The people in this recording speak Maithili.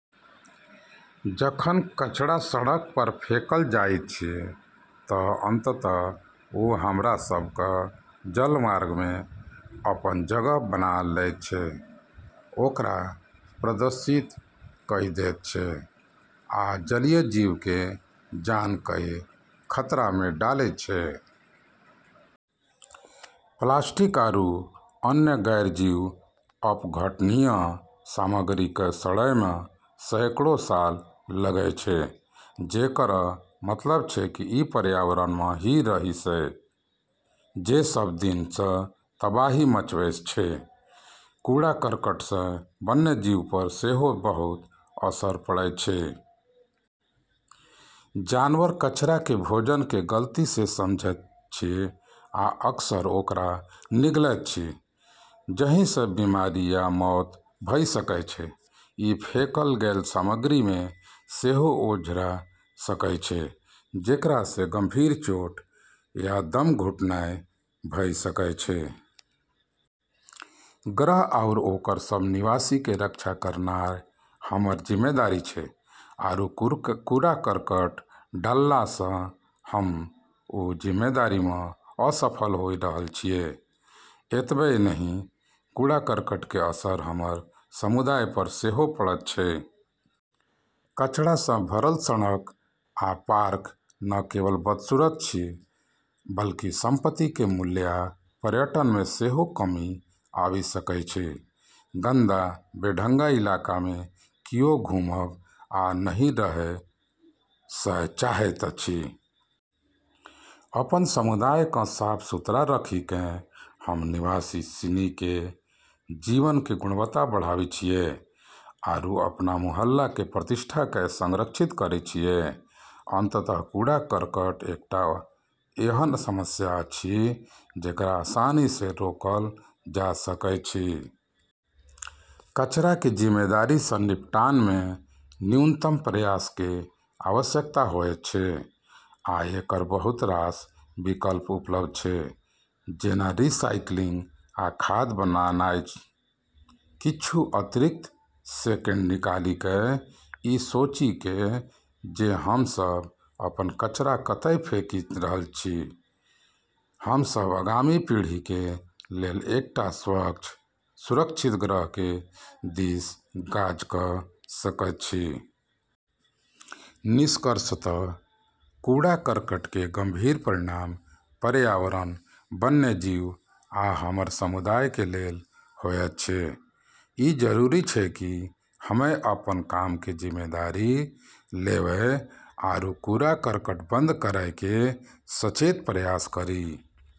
जखन कचरा सड़क पर फेंकल जाइत अछि तऽ अंततः ओ हमरा सबहक जलमार्ग मे अपन जगह बना लैत अछि, ओकरा प्रदूषित कऽ दैत अछि, आ जलीय जीव के जान कए खतरा मे डालैत अछि। प्लास्टिक आरू अन्य गैर-जैव अपघटनीय सामग्री क॑ सड़ै म॑ [सैकड़ों] साल लगै छै, जेकरऽ मतलब छै कि ई पर्यावरण म॑ ही रहै छै, जे सभ दिनसँ तबाही मचबै छै। कूड़ा-करकट सँ वन्यजीव पर सेहो बहुत असर पड़ैत अछि। जानवर कचरा के भोजन के गलती सँ समझैत अछि आ अक्सर ओकरा निगलैत अछि, जहि सँ बीमारी या मौत भऽ सकय छै। ई फेंकल गेल सामग्री मे सेहो ओझरा सकय छै, जेकरा सँ गंभीर चोट या दम घुटनाय भऽ सकय छै। ग्रह आरू ओकर सब निवासी के रक्षा करनाय हमर जिम्मेदारी छै, आरू कूड़ा-करकट डालला स॑ हम्मं॑ वू जिम्मेदारी म॑ असफल होय रहलऽ छियै। एतबे नहि, कूड़ा-करकट के असर हमर समुदाय पर सेहो पड़ैत अछि। कचरा सँ भरल सड़क आ पार्क न केवल बदसूरत अछि बल्कि संपत्ति के मूल्य आ पर्यटन मे सेहो कमी आबि सकैत अछि। गंदा, बेढंगा इलाका मे कियो घुमब आ नहि रहय चाहैत अछि। अपन समुदाय क॑ साफ-सुथरा रखी क॑ हम्मं॑ निवासी सिनी के जीवन के गुणवत्ता बढ़ाबै छियै, आरू अपन मोहल्ला के प्रतिष्ठाकें संरक्षित करै छियै। अंततः कूड़ा-करकट एकटा एहन समस्या अछि जकरा आसानी सँ रोकल जा सकैत अछि। कचरा के जिम्मेदारी सँ निपटान मे न्यूनतम प्रयास के आवश्यकता होयत छै, आ एकर बहुत रास विकल्प उपलब्ध छै, जेना रिसाइकिलिंग आ खाद बनानाय। किछु अतिरिक्त सेकेंड निकालि क' ई सोचि क' जे हम सभ अपन कचरा कतय फेकि रहल छी, हम सभ आगामी पीढ़ी के लेल एकटा स्वच्छ, सुरक्षित ग्रह के दिस काज क' सकैत छी। निष्कर्षतः, कूड़ा-करकट के गंभीर परिणाम पर्यावरण, वन्यजीव आ हमर समुदाय के लेल होयत छै। ई जरूरी छै कि हम्में अपन काम के जिम्मेदारी लेबै आरू कूड़ा-करकट बंद करै के सचेत प्रयास करी।